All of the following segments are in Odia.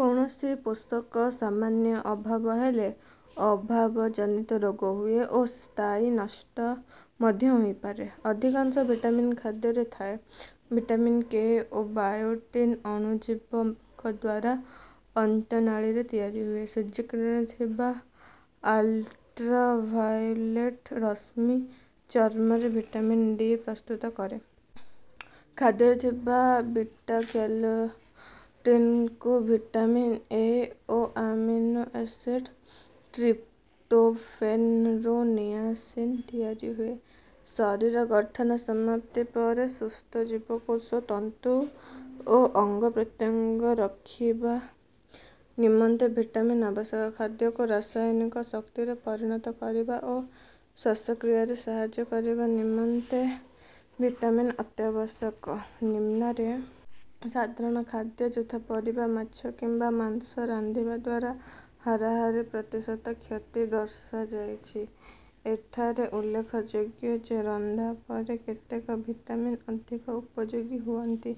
କୌଣସି ପୋଷକ ସାମାନ୍ୟ ଅଭାବ ହେଲେ ଅଭାବଜନିତ ରୋଗ ହୁଏ ଓ ସ୍ଥାୟୀ ନଷ୍ଟ ମଧ୍ୟ ହୋଇପାରେ। ଅଧିକାଂଶ ଭିଟାମିନ୍ ଖାଦ୍ୟରେ ଥାଏ। ଭିଟାମିନ୍ କେ ଓ ବାୟୋଟିନ୍ ଅଣୁଜୀବଙ୍କ ଦ୍ୱାରା ଅନ୍ତନାଳୀରେ ତିଆରି ହୁଏ। ସୂର୍ଯ୍ୟକିରଣରେ ଥିବା ଅଲ୍ଟ୍ରାଭାୟୋଲେଟ୍ ରଶ୍ମି ଚର୍ମରେ ଭିଟାମିନ୍ ଡି ପ୍ରସ୍ତୁତ କରେ। ଖାଦ୍ୟରେ ଥିବା ବିଟା କ୍ୟାରୋଟିନ୍‌ରୁ ଭିଟାମିନ୍ ଏ ଓ ଆମିନୋ ଏସିଡ୍ ଟ୍ରିପ୍ଟୋଫେନ୍‌ରୁ ନିଆସିନ୍ ତିଆରି ହୁଏ। ଶରୀର ଗଠନ ସମାପ୍ତି ପରେ ସୁସ୍ଥ ଜୀବକୋଷ, ତନ୍ତୁ ଓ ଅଙ୍ଗପ୍ରତ୍ୟଙ୍ଗ ରଖିବା ନିମନ୍ତେ ଭିଟାମିନ୍ ଆବଶ୍ୟକ। ଖାଦ୍ୟକୁ ରାସାୟନିକ ଶକ୍ତିରେ ପରିଣତ କରିବା ଓ ଶ୍ୱାସକ୍ରିୟାରେ ସାହାଯ୍ୟ କରିବା ନିମନ୍ତେ ଭିଟାମିନ୍ ଅତ୍ୟାବଶ୍ୟକ। ନିମ୍ନରେ ସାଧାରଣ ଖାଦ୍ୟ, ଯଥା ପରିବା, ମାଛ କିମ୍ବା ମାଂସ ରାନ୍ଧିବା ଦ୍ୱାରା ହାରାହାରି ପ୍ରତିଶତ କ୍ଷତି ଦର୍ଶାଯାଇଛି। ଏଠାରେ ଉଲ୍ଲେଖଯୋଗ୍ୟ ଯେ, ରନ୍ଧା ପରେ କେତେକ ଭିଟାମିନ୍ ଅଧିକ ଉପଯୋଗୀ ହୁଅନ୍ତି।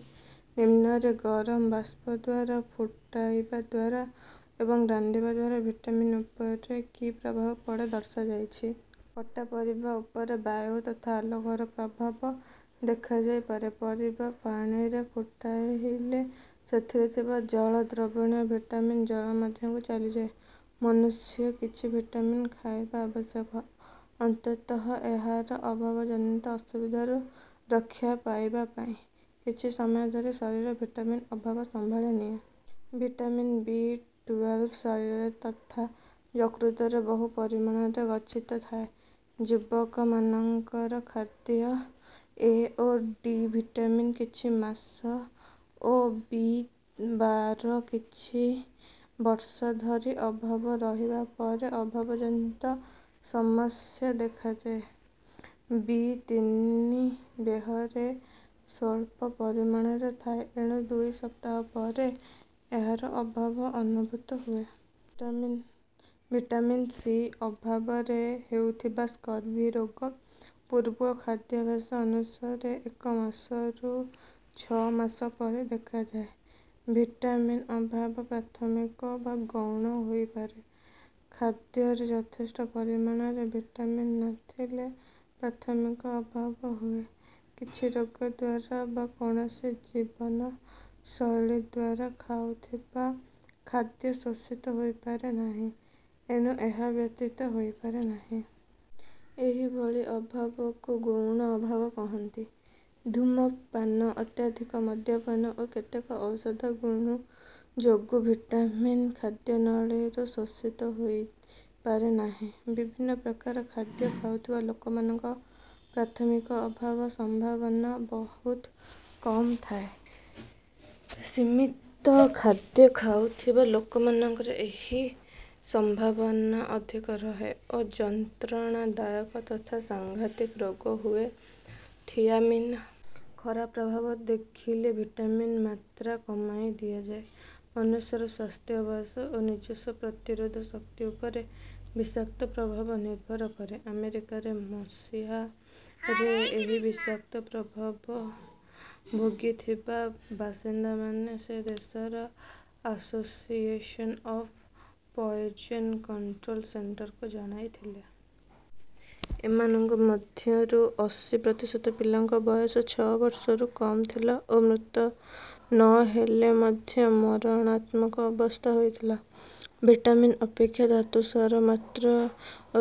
ନିମ୍ନରେ ଗରମ ବାଷ୍ପ ଦ୍ୱାରା, ଫୁଟାଇବା ଦ୍ୱାରା ଓ ରାନ୍ଧିବା ଦ୍ୱାରା ଭିଟାମିନ୍ ଉପରେ କି ପ୍ରଭାବ ପଡ଼େ ଦର୍ଶାଯାଇଛି। କଟା ପରିବା ଉପରେ ବାୟୁ ତଥା ଆଲୋକର ପ୍ରଭାବ ଦେଖାଯାଇପାରେ। ପରିବା ପାଣିରେ ଫୁଟାଇଲେ ସେଥିରେ ଥିବା ଜଳ ଦ୍ରବଣୀୟ ଭିଟାମିନ୍ ଜଳ ମଧ୍ୟକୁ ଚାଲିଯାଏ। ମନୁଷ୍ୟ କିଛି ଭିଟାମିନ୍ ଖାଇବା ଆବଶ୍ୟକ, ଅନ୍ତତଃ ଏହାର ଅଭାବଜନିତ ଅସୁବିଧାରୁ ରକ୍ଷା ପାଇବା ପାଇଁ। କିଛି ସମୟ ଧରି ଶରୀର ଭିଟାମିନ୍ ଅଭାବ ସମ୍ଭାଳି ନିଏ। ଭିଟାମିନ୍ ବି ଟୁଏଲ୍ଭ ଶରୀରରେ ତଥା ଯକୃତରେ ବହୁ ପରିମାଣରେ ଗଚ୍ଛିତ ଥାଏ। ଯୁବକମାନଙ୍କର ଖାଦ୍ୟରେ ଏ ଓ ଡି ଭିଟାମିନ୍ କିଛି ମାସ ଓ ବି ବାର କିଛି ବର୍ଷ ଧରି ଅଭାବ ରହିବା ପରେ ଅଭାବଜନିତ ସମସ୍ୟା ଦେଖାଯାଏ। ବି ତିନି ଦେହରେ ସ୍ୱଳ୍ପ ପରିମାଣରେ ଥାଏ, ଏଣୁ ଦୁଇ ସପ୍ତାହ ପରେ ଏହାର ଅଭାବ ଅନୁଭୂତ ହୁଏ। ଭିଟାମିନ୍-ସି ଅଭାବରେ ହେଉଥିବା ସ୍କର୍ଭି ରୋଗ ପୂର୍ବ ଖାଦ୍ୟାଭ୍ୟାସ ଅନୁସାରେ ଏକ ମାସରୁ ଛଅ ମାସ ପରେ ଦେଖାଯାଏ। ଭିଟାମିନ୍ ଅଭାବ ପ୍ରାଥମିକ ବା ଗୌଣ ହୋଇପାରେ। ଖାଦ୍ୟରେ ଯଥେଷ୍ଟ ପରିମାଣରେ ଭିଟାମିନ୍ ନ ଥିଲେ ପ୍ରାଥମିକ ଅଭାବ ହୁଏ। କିଛି ରୋଗ ଦ୍ୱାରା ବା କୌଣସି ଜୀବନଶୈଳୀ ଦ୍ୱାରା ଖାଉଥିବା ଖାଦ୍ୟ ଶୋଷିତ ହୋଇପାରେ ନାହିଁ, ଏଣୁ ଏହା ବ୍ୟବହୃତ ହୋଇପାରେ ନାହିଁ। ଏହିଭଳି ଅଭାବକୁ ଗୌଣ ଅଭାବ କହନ୍ତି। ଧୂମପାନ, ଅତ୍ୟଧିକ ମଦ୍ୟପାନ ଓ କେତେକ ଔଷଧ ଯୋଗୁ ଭିଟାମିନ୍ ଖାଦ୍ୟନଳୀରୁ ଶୋଷିତ ହୋଇପାରେ ନାହିଁ। ବିଭିନ୍ନ ପ୍ରକାର ଖାଦ୍ୟ ଖାଉଥିବା ଲୋକଙ୍କର ପ୍ରାଥମିକ ଅଭାବ ସମ୍ଭାବନା ବହୁତ କମ୍ ଥାଏ। ସୀମିତ ଖାଦ୍ୟ ଖାଉଥିବା ଲୋକଙ୍କର ଏହି ସମ୍ଭାବନା ଅଧିକ ରହେ ଓ ଯନ୍ତ୍ରଣାଦାୟକ ତଥା ସାଂଘାତିକ ରୋଗ ହୁଏ। ଥିଆମିନ୍ ଖରାପ ପ୍ରଭାବ ଦେଖିଲେ ଭିଟାମିନ୍ ମାତ୍ରା କମାଇ ଦିଆଯାଏ। ମଣିଷର ସ୍ୱାସ୍ଥ୍ୟ, ବୟସ ଓ ନିଜସ୍ୱ ପ୍ରତିରୋଧ ଶକ୍ତି ଉପରେ ବିଷାକ୍ତ ପ୍ରଭାବ ନିର୍ଭର କରେ। ଆମେରିକାରେ ମସିହା ରେ ଏହି ବିଷାକ୍ତ ପ୍ରଭାବ ଭୋଗିଥିବା ବାସିନ୍ଦାମାନେ ସେ ଦେଶର ଆସୋସିଏସନ୍ ଅଫ୍ ପଏଜନ୍ କଣ୍ଟ୍ରୋଲ୍ ସେଣ୍ଟରକୁ ଜଣାଇଥିଲେ। ଏମାନଙ୍କ ମଧ୍ୟରୁ ଅଶୀ ପ୍ରତିଶତ ପିଲାଙ୍କ ବୟସ ଛଅ ବର୍ଷରୁ କମ୍ ଥିଲା ଓ ମୃତ୍ୟୁ ନ ହେଲେ ମଧ୍ୟ ମରଣାନ୍ତକ ଅବସ୍ଥା ହୋଇଥିଲା। ଭିଟାମିନ୍ ଅପେକ୍ଷା ଧାତୁସାର ମାତ୍ରା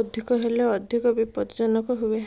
ଅଧିକ ହେଲେ ଅଧିକ ବିପଦଜନକ ହୁଏ।